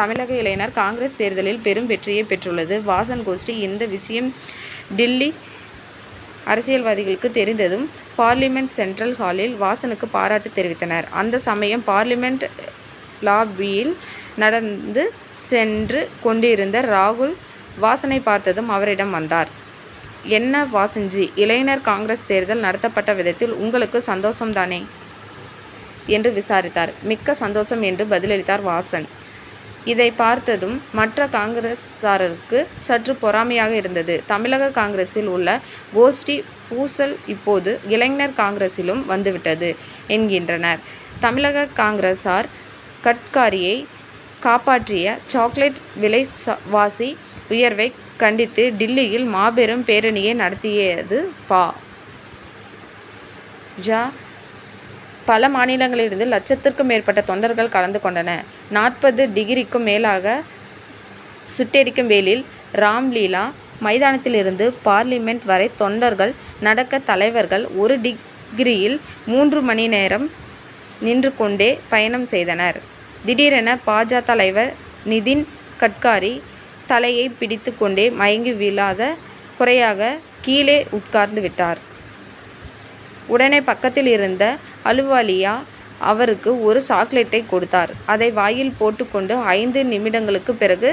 தமிழக இளைஞர் காங்கிரஸ் தேர்தலில் பெரும் வெற்றியைப் பெற்றுள்ளது வாசன் கோஷ்டி. இந்த விஷயம் டில்லி அரசியல்வாதிகளுக்கு தெரிந்ததும் பார்லிமென்ட் சென்ட்ரல் ஹாலில் வாசனுக்கு பாராட்டு தெரிவித்தனர். அந்த சமயம், பார்லிமென்ட் லாபியில் நடந்து சென்று கொண்டிருந்த ராகுல், வாசனைப் பார்த்ததும் அவரிடம் வந்தார். 'என்ன வாசன்ஜி, இளைஞர் காங்கிரஸ் தேர்தல் நடத்தப்பட்ட விதத்தில் உங்களுக்கு சந்தோஷம் தானே? ' என்று விசாரித்தார். மிக்க சந்தோஷம் என்று பதிலளித்தார் வாசன். இதைப் பார்த்ததும் மற்ற காங்கிரசாருக்கு சற்று பொறாமையாக இருந்தது. தமிழக காங்கிரசில் உள்ள கோஷ்டிப் பூசல் இப்போது இளைஞர் காங்கிரசிலும் வந்துவிட்டது' என்கின்றனர் தமிழக காங்கிரசார். கட்காரியை காப்பாற்றிய சாக்லெட் விலைவாசி உயர்வைக் கண்டித்து டில்லியில் மாபெரும் பேரணியை நடத்தியது பா. ஜ., பல மாநிலங்களிலிருந்து லட்சத்திற்கும் மேற்பட்ட தொண்டர்கள் கலந்து கொண்டனர். நாற்பது டிகிரிக்கும் மேலாக சுட்டெரிக்கும் வெயில். ராம்லீலா மைதானத்திலிருந்து பார்லிமென்ட் வரை தொண்டர்கள் நடக்க, தலைவர்கள் ஒரு டிக்ரியில் மூன்று மணி நேரம் நின்று கொண்டே பயணம் செய்தனர். திடீரென, பா. ஜ., தலைவர் நிதின் கட்காரி தலையைப் பிடித்துக் கொண்டே மயங்கி விழாத குறையாக கீழே உட்கார்ந்துவிட்டார். உடனே, பக்கத்திலிருந்த அலுவாலியா, அவருக்கு ஒரு சாக்லெட்டைக் கொடுத்தார். அதை வாயில் போட்டுக் கொண்ட, ஐந்து நிமிடங்களுக்குப் பிறகு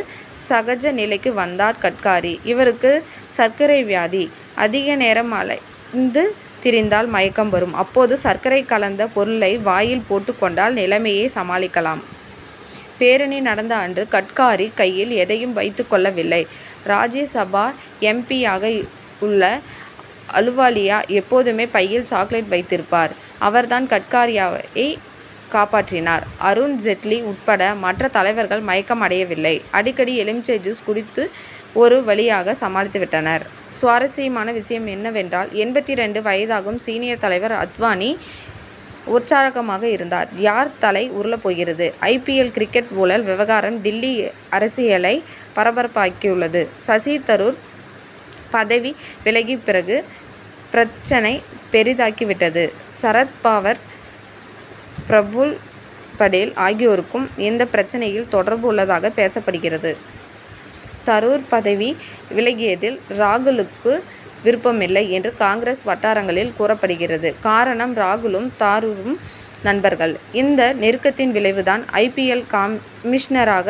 சகஜ நிலைக்கு வந்தார் கட்காரி. இவருக்கு சர்க்கரை வியாதி. அதிக நேரம் அலைந்து திரிந்தால் மயக்கம் வரும். அப்போது, சர்க்கரை கலந்த பொருளை வாயில் போட்டுக் கொண்டால் நிலைமையை சமாளிக்கலாம். பேரணி நடந்த அன்று கட்காரி கையில் எதையும் வைத்துக் கொள்ளவில்லை. ராஜ்யசபா எம். பி.,யாக உள்ள அலுவாலியா எப்போதுமே பையில் சாக்லெட் வைத்திருப்பார்; அவர் தான் கட்காரியை காப்பாற்றினார். அருண் ஜெட்லி உட்பட மற்ற தலைவர்கள் மயக்கம் அடையவில்லை. அடிக்கடி எலுமிச்சை ஜூஸ் குடித்து ஒரு வழியாக சமாளித்துவிட்டனர். சுவாரஸ்யமான விஷயம் என்னவென்றால், எண்பத்திரண்டு வயதாகும் சீனியர் தலைவர் அத்வானி உற்சாகமாக இருந்தார். யார் தலை உருளப் போகிறது? ஐ. பி. எல்., கிரிக்கெட் ஊழல் விவகாரம் டில்லி அரசியலை பரபரப்பாக்கியுள்ளது. சசி தரூர் பதவி விலகிய பிறகு பிரச்னை பெரிதாகிவிட்டது. சரத் பவார், பிரபுல் படேல் ஆகியோருக்கும் இந்த பிரச்னையில் தொடர்பு உள்ளதாக பேசப்படுகிறது. தரூர் பதவி விலகியதில் ராகுலுக்கு விருப்பமில்லை என்று காங்கிரஸ் வட்டாரங்களில் கூறப்படுகிறது. காரணம், ராகுலும் தாரூரும் நண்பர்கள். இந்த நெருக்கத்தின் விளைவு தான், ஐ. பி. எல்., கமிஷ்னராக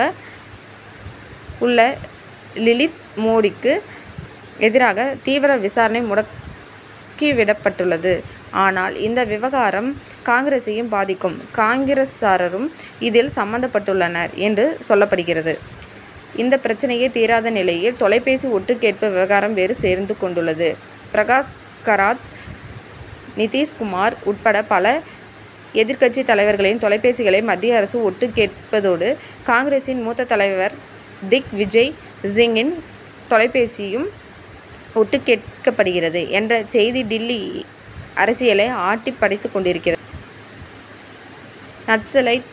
உள்ள லெலித் மோடிக்கு எதிராக தீவிர விசாரணை முடுக்கிவிடப்பட்டுள்ளது. ஆனால், இந்த விவகாரம் காங்கிரசையும் பாதிக்கும், காங்கிரசாரும் இதில் சம்பந்தப்பட்டுள்ளனர் என்று சொல்லப்படுகிறது. இந்த பிரச்னையே தீராத நிலையில், தொலைபேசி ஒட்டுக் கேட்பு விவகாரம் வேறு சேர்ந்து கொண்டுள்ளது. பிரகாஷ் கராத், நிதிஷ்குமார் உட்பட பல எதிர்க்கட்சித் தலைவர்களின் தொலைபேசிகளை மத்திய அரசு ஒட்டுக் கேட்பதோடு, காங்கிரசின் மூத்த தலைவர் திக் விஜய் சிங்கின் தொலைபேசியும் ஒட்டுக் கேட்கப்படுகிறது என்ற செய்தி டில்லி அரசியலை ஆட்டிப் படைத்துக் கொண்டிருக்கிறது. நக்சலைட்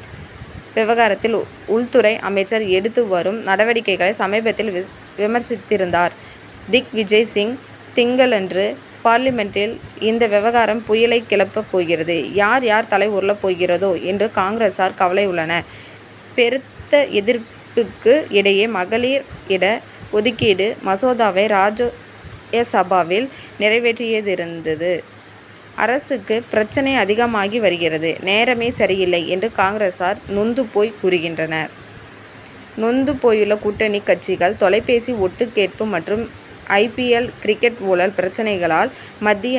விவகாரத்தில் உள்துறை அமைச்சர் எடுத்து வரும் நடவடிக்கைகளை சமீபத்தில் விமர்சித்திருந்தார் திக் விஜய் சிங். திங்களன்று பார்லிமென்டில் இந்த விவகாரம் புயலைக் கிளப்பப் போகிறது. யார், யார் தலை உருளப் போகிறதோ என்று காங்கிரசார் கவலை உள்ளனர். பெருத்த எதிர்ப்புக்கு இடையே மகளிர் இட ஒதுக்கீடு மசோதாவை ராஜ்யசபாவில் நிறைவேற்றியதிலிருந்து அரசுக்கு பிரச்னை அதிகமாகி வருகிறது, நேரமே சரியில்லை என்று காங்கிரசார் நொந்து போய் கூறுகின்றனர். நொந்து போயுள்ள கூட்டணிக் கட்சிகள் தொலைபேசி ஒட்டுக் கேட்பு மற்றும் ஐ. பி. எல்., கிரிக்கெட் ஊழல் பிரச்னைகளால் மத்திய அர